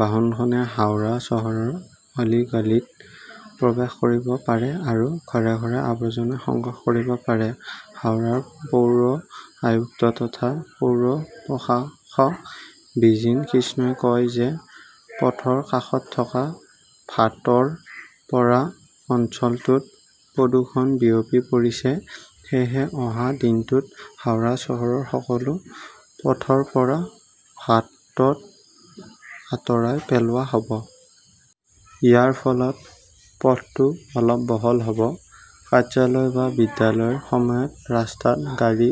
বাহনখনে হাওৰা চহৰৰ অলিগালিত প্ৰৱেশ কৰিব পাৰে আৰু ঘৰ-ঘৰে আৱৰ্জনা সংগ্ৰহ কৰিব পাৰে। হাওড়াৰ পৌৰ আয়ুক্ত তথা পৌৰ প্ৰশাসক বিজিন কৃষ্ণই কয় যে পথৰ কাষত থকা ভ্যাটৰ পৰা অঞ্চলটোত প্ৰদূষণ বিয়পি পৰিছে। সেয়েহে অহা দিনটোত হাওৰা চহৰৰ সকলো পথৰ পৰা ভ্যাট আঁতৰাই পেলোৱা হ'ব। ইয়াৰ ফলত পথটো অলপ বহল হ'ব। কাৰ্যালয় বা বিদ্যালয়ৰ সময়ত ৰাস্তাত গাড়ী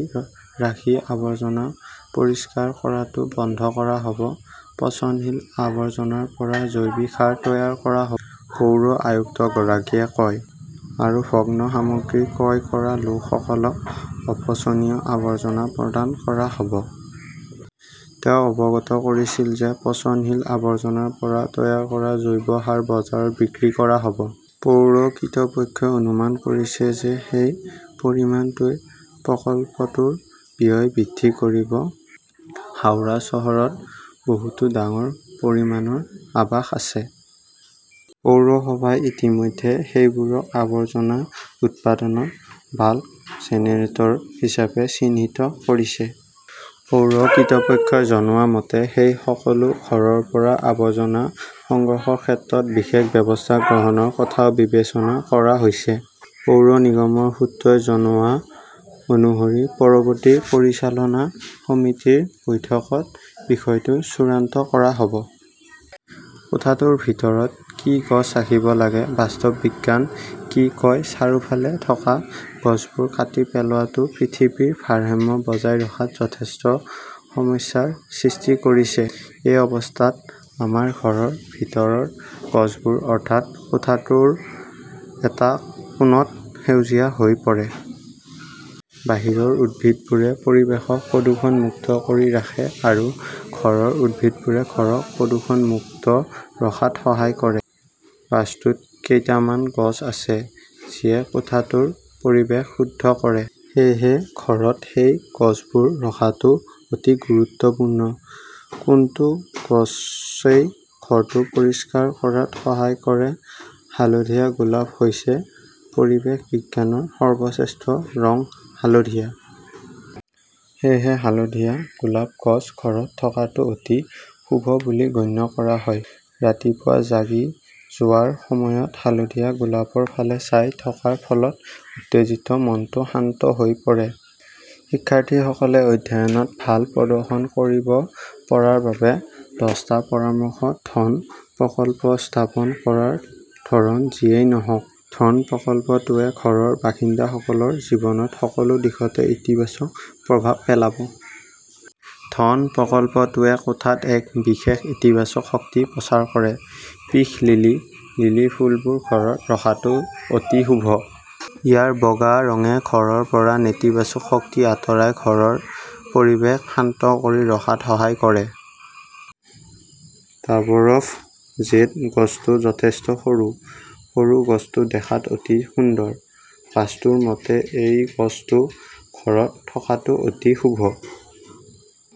ৰাখি আৱৰ্জনা পৰিষ্কাৰ কৰাটোও বন্ধ কৰা হ'ব। পচনশীল আৱৰ্জনাৰ পৰা জৈৱিক সাৰ তৈয়াৰ কৰা হ'ব, পৌৰ আয়ুক্তগৰাকীয়ে কয়। আৰু ভগ্ন সামগ্ৰী ক্ৰয় কৰা লোকসকলক অপচনীয় আৱৰ্জনা প্ৰদান কৰা হ'ব। তেওঁ অৱগত কৰিছিল যে পচনশীল আৱৰ্জনাৰ পৰা তৈয়াৰ কৰা জৈৱ সাৰ বজাৰত বিক্ৰী কৰা হ'ব। পৌৰ কৰ্তৃপক্ষই অনুমান কৰিছে যে সেই পৰিমাণটোৱেই প্ৰকল্পটোৰ ব্যয় বৃদ্ধি কৰিব। হাওৰা চহৰত বহুতো ডাঙৰ পৰিমাণৰ আৱাস আছে। পৌৰসভাই ইতিমধ্যে সেইবোৰক আৱৰ্জনা উৎপাদনত বাল্ক জেনেৰেটৰ হিচাপে চিহ্নিত কৰিছে। পৌৰ কৰ্তৃপক্ষই জনোৱা মতে, সেই সকলো ঘৰৰ পৰা আৱৰ্জনা সংগ্ৰহৰ ক্ষেত্ৰত বিশেষ ব্যৱস্থা গ্ৰহণৰ কথাও বিবেচনা কৰা হৈছে। পৌৰ নিগমৰ সূত্ৰই জনোৱা অনুসৰি পৰৱৰ্তী পৰিচালনা সমিতিৰ বৈঠকত বিষয়টো চূড়ান্ত কৰা হ'ব। কোঠাৰ ভিতৰত কি গছ ৰাখিব লাগে, বাস্তৱ বিজ্ঞান কি কয় চাৰিওফালে থকা গছবোৰ কাটি পেলোৱাটোৱে পৃথিৱীৰ ভাৰসাম্য বজাই ৰখাত যথেষ্ট সমস্যাৰ সৃষ্টি কৰিছে। এই অৱস্থাত, আমাৰ ঘৰৰ ভিতৰৰ গছবোৰ, অৰ্থাৎ কোঠাটোৰ এটা কোণত সেউজীয়া হৈ পৰে। বাহিৰৰ উদ্ভিদবোৰে পৰিৱেশক প্ৰদূষণ মুক্ত কৰি ৰাখে আৰু ঘৰৰ উদ্ভিদবোৰে ঘৰক প্ৰদূষণ মুক্ত ৰখাত সহায় কৰে। বাস্তুত কেইটামান গছ আছে, যিয়ে কোঠাটোৰ পৰিৱেশ শুদ্ধ কৰে। সেয়েহে ঘৰত সেই গছবোৰ ৰখাটো অতি গুৰুত্বপূৰ্ণ। কোনটো গছই ঘৰটো পৰিষ্কাৰ কৰাত সহায় কৰে হালধীয়া গোলাপ হৈছে পৰিৱেশ বিজ্ঞানৰ সৰ্বশ্ৰেষ্ঠ ৰং হালধীয়া। সেয়েহে হালধীয়া গোলাপ গছ ঘৰত থকাটো অতি শুভ বুলি গণ্য কৰা হয়। ৰাতিপুৱা জাগি যোৱাৰ সময়ত হালধীয়া গোলাপৰ ফালে চাই থকাৰ ফলত উত্তেজিত মনটো শান্ত হৈ পৰে। শিক্ষাৰ্থীসকলে অধ্যয়নত ভাল প্ৰদৰ্শন কৰিব পৰাৰ বাবে দচটা পৰামৰ্শ ধন প্ৰকল্প স্থাপন কৰাৰ ধৰণ যিয়েই নহওক, ধন প্ৰকল্পটোৱে ঘৰৰ বাসিন্দাসকলৰ জীৱনত সকলো দিশতে ইতিবাচক প্ৰভাৱ পেলাব। ধন প্ৰকল্পটোৱে কোঠাত এক বিশেষ ইতিবাচক শক্তি প্ৰচাৰ কৰে। পিস লিলি - লিলি ফুলবোৰ ঘৰত ৰখাটো অতি শুভ। ইয়াৰ বগা ৰঙে ঘৰৰ পৰা নেতিবাচক শক্তি আঁতৰাই ঘৰৰ পৰিৱেশ শান্ত কৰি ৰখাত সহায় কৰে। ডাৱাৰ্ফ জেড গছটো যথেষ্ট সৰু। সৰু গছটো দেখাত অতি সুন্দৰ। বাস্তুৰ মতে এই গছটো ঘৰত থকাটো অতি শুভ।